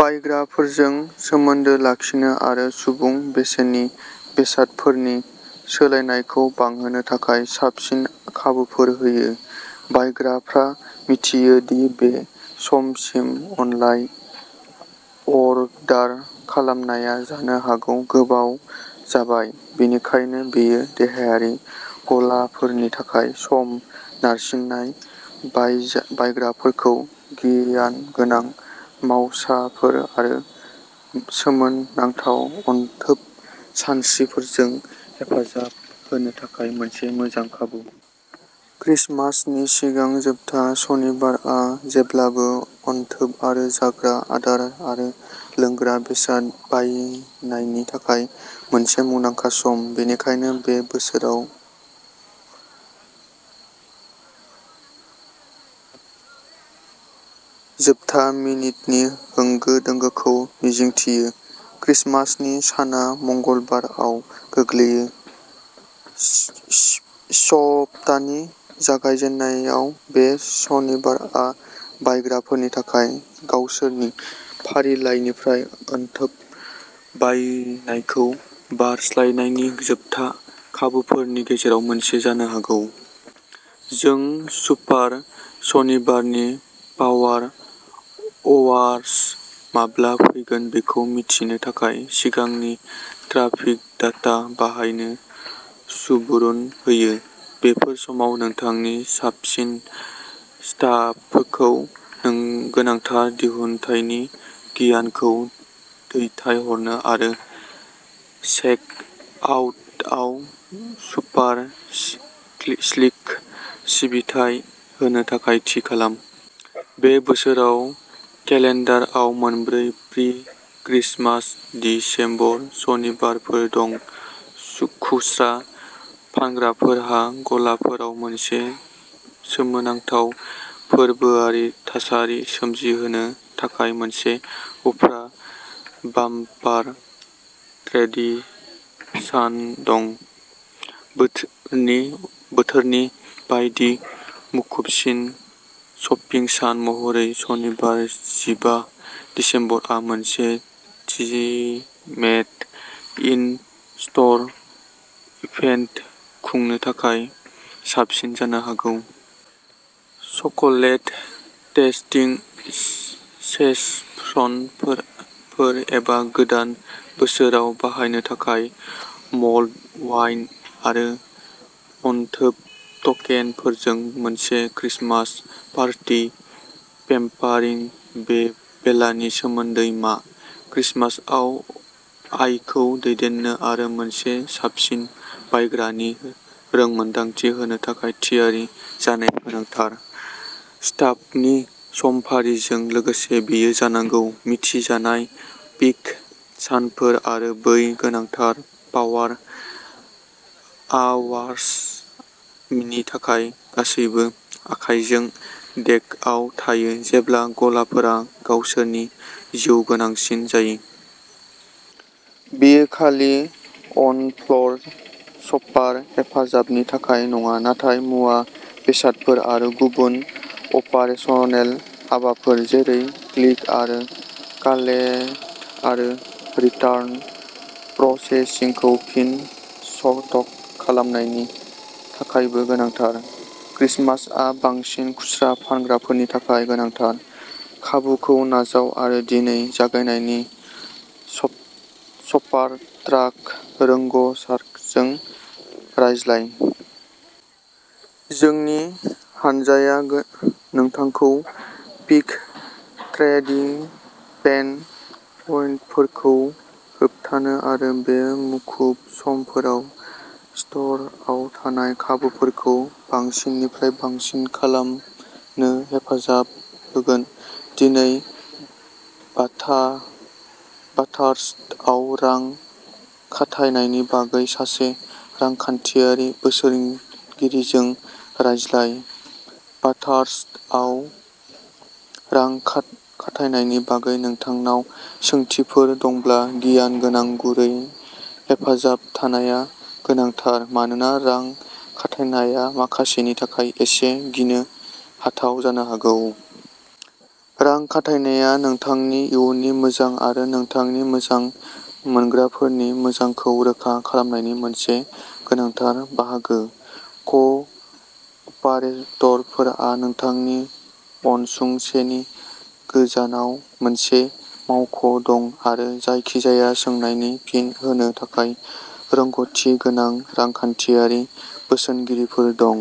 बायग्राफोरजों सोमोन्दो लाखिनो आरो आबुं बेसेननि बेसादफोरनि सोलायनायखौ बांहोनो थाखाय साबसिन खाबुफोर होयो। बायग्राफ्रा मिथियो दि बे समसिम अनलाइन अर्डार खालामनाया जानो हागौ गोबाव जाबाय, बेनिखायनो बेयो देहायारि गलाफोरनि थाखाय सम-नारसिनाय बाय बायग्राफोरखौ गियानगोनां मावसाफोर आरो सोमोनांथाव अनथोब सानस्रिफोरजों हेफाजाब होनो थाखाय मोनसे मोजां खाबु। क्रिसमासनि सिगां जोबथा सनिबारआ जेब्लाबो अनथोब आरो जाग्रा आदार आरो लोंग्रा बेसाद बायनायनि थाखाय मोनसे मुंदांखा सम, बेनिखायनो बे बोसोराव जोबथा मिनिटनि होंगो-दोंगोखौ मिजिंथियो। क्रिसमासनि साना मंगलबाराव गोग्लैयो, सप्तानि जागायजेन्नायाव बे सनिबारआ बायग्राफोरनि थाखाय गावसोरनि फारिलाइनिफ्राय अनथोब बायनायखौ बारस्लायनायनि जोबथा खाबुफोरनि गेजेराव मोनसे जानो हागौ। जों सुपार सनिबारनि पावार अवार्स माब्ला फैगोन बेखौ मिथिनो थाखाय सिगांनि ट्राफिक डाटा बाहायनो सुबुरुन होयो। बेफोर समाव नोंथांनि साबसिन स्टाफखौ नों गोनांथार दिहुनथायनि गियानखौ दैथायहरनो आरो चेक-आउटआव सुपार-स्लिक सिबिथाइ होनो थाखाय थि खालाम। बे बोसोराव, केलेन्डाराव मोनब्रै प्रि-क्रिसमास दिसेम्बर सनिबारफोर दं, खुस्रा फानग्राफोरहा गलाफोराव मोनसे सोमोनांथाव फोरबोआरि थासारि सोमजिहोनो थाखाय मोनसे उफ्रा बाम्पार ट्रेडिं सान दं। बोथोरनि बोथोरनि बायदि मुखुबसिन शपिं सान महरै, सनिबार जिबा दिसेम्बरआ मोनसे थिमेड इन-स्ट'र इभेन्ट खुंनो थाखाय साबसिन जानो हागौ। चकलेट-टेस्टिं सेसनफोर फोर एबा गोदान बोसोराव बाहायनो थाखाय मल्ड वाइन आरो अनथोब टकेनफोरजों मोनसे क्रिसमास पार्टी पेम्पारिं बे बेलानि सोमोन्दै मा? क्रिसमासआव, आयखौ दैदेननो आरो मोनसे साबसिन बायग्रानि रोंमोनदांथि होनो थाखाय थियारि जानाया गोनांथार। स्टाफनि समफारिजों लोगोसे बेयो जानांगौ मिथिजानाय पीक सानफोर आरो बै गोनांथार पावार आवार्स नि थाखाय गासैबो आखायजों डेकआव थायो जेब्ला गलाफोरा गावसोरनि जिउगोनांसिन जायो। बेयो खालि अन-फ्ल'र शपार हेफाजाबनि थाखायल' नङा, नाथाय मुवा बेसादफोर आरो गुबुन अपारेसनेल हाबाफोर जेरै क्लिक आरो कालेक्ट आरो रिटार्न प्रसेसिंखौ फिन स्टक खालामनायनि थाखायबो गोनांथार। क्रिसमासआ बांसिन खुस्रा फानग्राफोरनि थाखाय गोनांथार। खाबुखौ नाजाव आरो दिनै जायगायारि शप शपारट्राक रोंग'सारजों रायज्लाय। जोंनि हानजाया नोंथांखौ पीक ट्रेडिं पेन पइन्टफोरखौ होबथानो आरो बे मुखुब समफोराव स्ट'रआव थानाय खाबुफोरखौ बांसिननिफ्राय बांसिन खालामनो हेफाजाब होगोन। दिनै बाथा बाथार्स्टआव रां खाथायनायनि बागै सासे रांखान्थियारि बोसोनगिरिजों रायज्लाय! बाथार्स्टआव रां खाथायनायनि बागै नोंथांनाव सोंथिफोर दंब्ला गियानगोनां, गुरै हेफाजाब थानाया गोनांथार, मानोना रां खाथायनाया माखासेनि थाखाय एसे गिनो हाथाव जानो हागौ। रां खाथायनाया नोंथांनि इयुननि मोजां आरो नोंथांनि मोजां मोनग्राफोरनि मोजांखौ रोखा खालामनायनि मोनसे गोनांथार बाहागो। क'- अपारेटरफोरहा नोंथांनि असुंसेनि गोजानाव मोनसे मावख' दं, आरो जायखिजाया सोंनायनि फिन होनो थाखाय रोंग'थि गोनां रांखान्थियारि बोसोनगिरिफोर दं।